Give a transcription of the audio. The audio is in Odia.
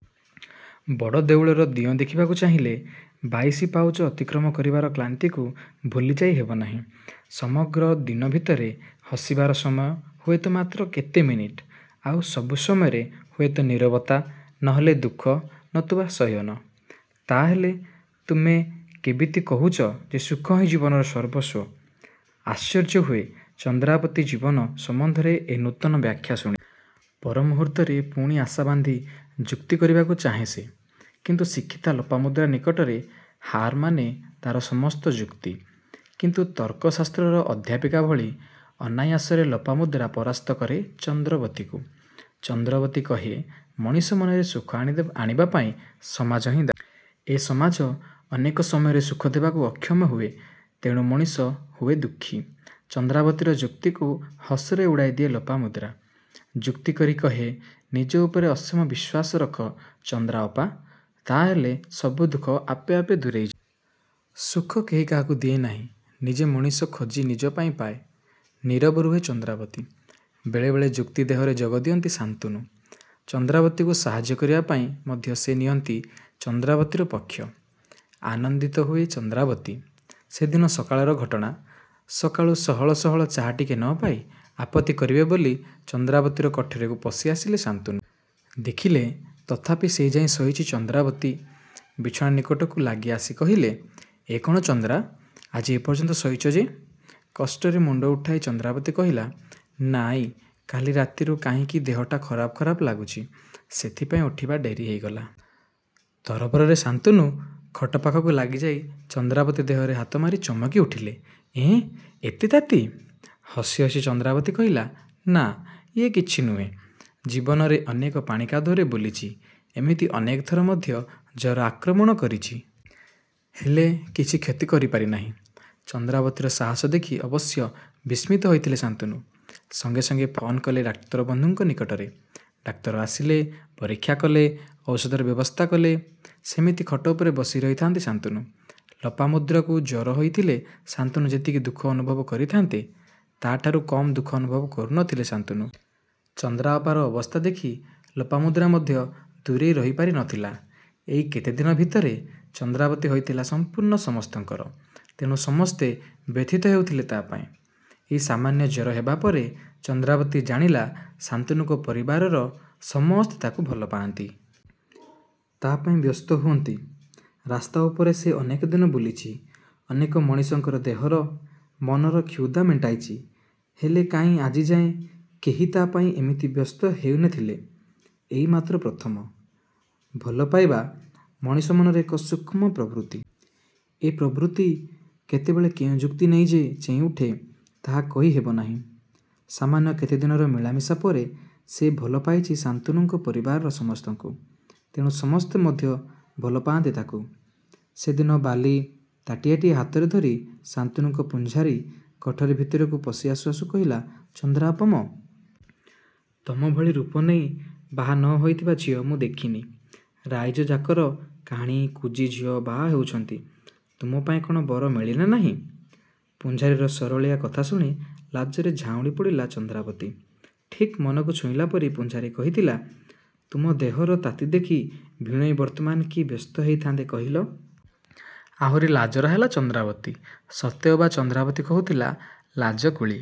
ବଡ଼ ଦେଉଳର ଦିଅଁ ଦେଖିବାକୁ ଚାହିଁଲେ ବାଇଶି ପାଉଛ ଅତିକ୍ରମ କରିବାର କ୍ଳାନ୍ତିକୁ ଭୁଲିଯାଇ ହେବନାହିଁ। ସମଗ୍ର ଦିନ ଭିତରେ ହସିବାର ସମୟ ହୁଏତ ମାତ୍ର କେତେ ମିନିଟ୍। ଆଉ ସବୁ ସମୟରେ ହୁଏତ ନୀରବତା ନ ହେଲେ ଦୁଃଖ ନତୁବା ଶୟନ। ତା'ହେଲେ ତୁମେ କେବିତି କହୁଛ ଯେ ସୁଖ ହିଁ ଜୀବନର ସର୍ବସ୍ୱ ଆଶ୍ଚର୍ଯ୍ୟ ହୁଏ ଚନ୍ଦ୍ରାବତୀ ଜୀବନ ସମ୍ୱନ୍ଧରେ ଏ ନୂତନ ବ୍ୟାଖ୍ୟା ଶୁଣି। ପର ମୁହୂର୍ତ୍ତରେ ପୁଣି ଆଶା ବାନ୍ଧି ଯୁକ୍ତି କରିବାକୁ ଚାହେଁ ସେ। କିନ୍ତୁ ଶିକ୍ଷିତା ଲୋପାମୁଦ୍ରା ନିକଟରେ ହାରମାନେ ତା'ର ସମସ୍ତ ଯୁକ୍ତି। କିନ୍ତୁ ତର୍କଶାସ୍ତ୍ରର ଅଧ୍ୟାପିକା ଭଳି ଅନାୟାସରେ ଲୋପାମୁଦ୍ରା ପରାସ୍ତ କରେ ଚନ୍ଦ୍ରବତୀକୁ। ଚନ୍ଦ୍ରବତୀ କହେ ମଣିଷ ମନରେ ସୁଖ ଆଣିଦେ ଆଣିବାପାଇଁ ସମାଜ ହିଁ ଦାୟୀ। ଏ ସମାଜ ଅନେକ ସମୟରେ ସୁଖ ଦେବାକୁ ଅକ୍ଷମ ହୁଏ ତେଣୁ ମଣିଷ ହୁଏ ଦୁଃଖୀ। ଚନ୍ଦ୍ରାବତୀର ଯୁକ୍ତିକୁ ହସରେ ଉଡ଼ାଇ ଦିଏ ଲୋପାମୁଦ୍ରା। ଯୁକ୍ତି କରି କହେ ନିଜ ଉପରେ ଅସୀମ ବିଶ୍ୱାସ ରଖ ଚନ୍ଦ୍ରାଅପା! ତା'ହେଲେ ସବୁ ଦୁଃଖ ଆପେ ଆପେ ଦୂରେଇ ଯିବ। ସୁଖ କେହି କାହାକୁ ଦିଏନାହିଁ ନିଜେ ମଣିଷ ଖୋଜି ନିଜ ପାଇଁ ପାଏ। '' ନୀରବ ରୁହେ ଚନ୍ଦ୍ରାବତୀ ବେଳେ ବେଳେ ଯୁକ୍ତି ଦେହରେ ଯୋଗ ଦିଅନ୍ତି ଶାନ୍ତନୁ। ଚନ୍ଦ୍ରାବତୀକୁ ସାହାଯ୍ୟ କରିବା ପାଇଁ ମଧ୍ୟ ସେ ନିଅନ୍ତି ଚନ୍ଦ୍ରାବତୀର ପକ୍ଷ। ଆନନ୍ଦିତା ହୁଏ ଚନ୍ଦ୍ରାବତୀ ସେଦିନ ସକାଳର ଘଟଣା ସକାଳୁ ସହଳ ସହଳ ଚାହାଟିକେ ନପାଇ ଆପତ୍ତି କରିବେ ବୋଲି ଚନ୍ଦ୍ରାବତୀର କୋଠରୀକୁ ପଶିଆସିଲେ ଶାନ୍ତନୁ। ଦେଖିଲେ ତଥାପି ସେଯାଏ ଶୋଇଛି ଚନ୍ଦ୍ରାବତୀ ବିଛଣା ନିକଟକୁ ଲାଗି ଆସି କହିଲେ''ଏ କ'ଣ ଚନ୍ଦ୍ରା, ଆଜି ଏ ପର୍ଯ୍ୟନ୍ତ ଶୋଇଛ ଯେ? '' କଷ୍ଟରେ ମୁଣ୍ତ ଉଠାଇ ଚନ୍ଦ୍ରାବତୀ କହିଲା ''ନାଁଇ କାଲି ରାତିରୁ କାହିଁକି ଦେହଟା ଖରାପ ଖରାପ ଲାଗୁଛି। ସେଥିପାଇଁ ଉଠିବା ଡେରି ହେଇଗଲା। '' ତରବରରେ ଶାନ୍ତନୁ ଖଟ ପାଖକୁ ଲାଗିଯାଇ ଚନ୍ଦ୍ରାବତୀ ଦେହରେ ହାତମାରି ଚମକି ଉଠିଲେ''ଏଁ ଏତେ ତାତି? '' ହସି ହସି ଚନ୍ଦ୍ରାବତୀ କହିଲା ''ନାଁ ଇଏ କିଛି ନୁହେଁ। ଜୀବନରେ ଅନେକ ପାଣି କାଦୁଅରେ ବୁଲିଛି ଏମିତି ଅନେକ ଥର ମଧ୍ୟ ଜର ଆକ୍ରମଣ କରିଛି। ହେଲେ କିଛି କ୍ଷତି ପାରିନାହିଁ। '' ଚନ୍ଦ୍ରାବତୀର ସାହସ ଦେଖି ଅବଶ୍ୟ ବିସ୍ମିତ ହୋଇଥିଲେ ଶାନ୍ତନୁ। ସଙ୍ଗେ ସଙ୍ଗେ ଫୋନ କଲେ ଡାକ୍ତର ବନ୍ଧୁଙ୍କ ନିକଟରେ। ଡାକ୍ତର ଆସିଲେ। ପରୀକ୍ଷା କଲେ। ଔଷଧର ବ୍ୟବସ୍ଥା କଲେ। ସେମିତି ଖଟ ଉପରେ ବସି ରହିଥାନ୍ତି ଶାନ୍ତନୁ। ଲୋପାମୁଦ୍ରାକୁ ଜର ହୋଇଥିଲେ ଶାନ୍ତନୁ ଯେତିକି ଦୁଃଖ ଅନୁଭବ କରିଥାନ୍ତେ ତାଠାରୁ କମ୍ ଦୁଃଖ ଅନୁଭବ କରୁ ନ ଥିଲେ ଶାନ୍ତନୁ। ଚନ୍ଦ୍ରାଅପାର ଅବସ୍ଥା ଦେଖି ଲୋପାମୁଦ୍ରା ମଧ୍ୟ ଦୂରେଇ ରହି ପାରି ନ ଥିଲା। ଏଇ କେତେଦିନ ଭିତରେ ଚନ୍ଦ୍ରାବତୀ ହୋଇଥିଲା ସମ୍ପୂର୍ଣ୍ଣ ସମସ୍ତଙ୍କର। ତେଣୁ ସମସ୍ତେ ବ୍ୟଥିତ ହେଉଥିଲେ ତା' ପାଇଁ। ଏଇ ସମାନ୍ୟ ଜର ହେବାପରେ ଚନ୍ଦ୍ରାବତୀ ଜାଣିଲା ଶାନ୍ତନୁଙ୍କ ପରିବାରର ସମସ୍ତେ ତାକୁ ଭଲ ପାଆନ୍ତି। ତା' ପାଇଁ ବ୍ୟସ୍ତ ହୁଅନ୍ତି। ରାସ୍ତା ଉପରେ ସେ ଅନେକ ଦିନ ବୁଲିଛି। ଅନେକ ମଣିଷଙ୍କର ଦେହର, ମନର କ୍ଷୁଧା ମେଣ୍ଟାଇଛି ହେଲେ କାହିଁ ଆଜିଯାଏ କେହି ତ ତା' ପାଇଁ ଏମିତି ବ୍ୟସ୍ତ ହେଉ ନ ଥିଲେ ଏଇମାତ୍ର ପ୍ରଥମ। ଭଲ ପାଇବା ମଣିଷ ମନର ଏକ ସୂକ୍ଷ୍ମ ପ୍ରବୃତ୍ତି। ଏ ପ୍ରବୃତ୍ତି କେତେବେଳେ କେଉଁ ଯୁକ୍ତି ନେଇ ଯେ ଚେଇଁ ଉଠେ ତାହା କହି ହେବ ନାହିଁ। ସମାନ୍ୟ କେତେଦିନର ମିଳାମିଶା ପରେ ସେ ଭଲ ପାଇଛି ଶାନ୍ତନୁଙ୍କ ପରିବାରର ସମସ୍ତଙ୍କୁ। ତେଣୁ ସମସ୍ତେ ମଧ୍ୟ ଭଲପାନ୍ତି ତାକୁ ସେଦିନ ବାଲି ତାଟିଆଟିଏ ହାତରେ ଧରି ଶାନ୍ତନୁଙ୍କ ପୂଝାରୀ କୋଠରୀ ଭିତରକୁ ପଶି ଆସୁ ଆସୁ କହିଲା ''ଚନ୍ଦ୍ରାଅପା ମ! ତମ ଭଳି ରୂପ ନେଇ ବାହା ନ ହୋଇଥିବା ଝିଅ ମୁଁ ଦେଖିନି-। ରାଇଜ ଯାକର କାଣୀ କୁଜୀ ଝିଅ ବାହା ହଉଛନ୍ତି ତୁମ ପାଇଁ କ'ଣ ବର ମିଳିଲା ନାହିଁ-? '' ପୂଝାରୀର ସରଳିଆ କଥା ଶୁଣି ଲାଜରେ ଝାଉଁଳି ପଡ଼ିଲା ଚନ୍ଦ୍ରାବତୀ। ଠିକ୍ ମନକୁ ଛୁଇଁଲା ପରି ପୂଝାରୀ କହିଥିଲା''ତୁମ ଦେହର ତାତି ଦେଖି ଭିଣୋଇ ବର୍ତ୍ତମାନ କି ବ୍ୟସ୍ତ ହେଇଥାନ୍ତେ କହିଲ? '' ଆହୁରି ଲାଜରା ହେଲା ଚନ୍ଦ୍ରାବତୀ ସତେ ଅବା ଚନ୍ଦ୍ରାବତୀ କହୁଥିଲା ଲାଜକୁଳୀ!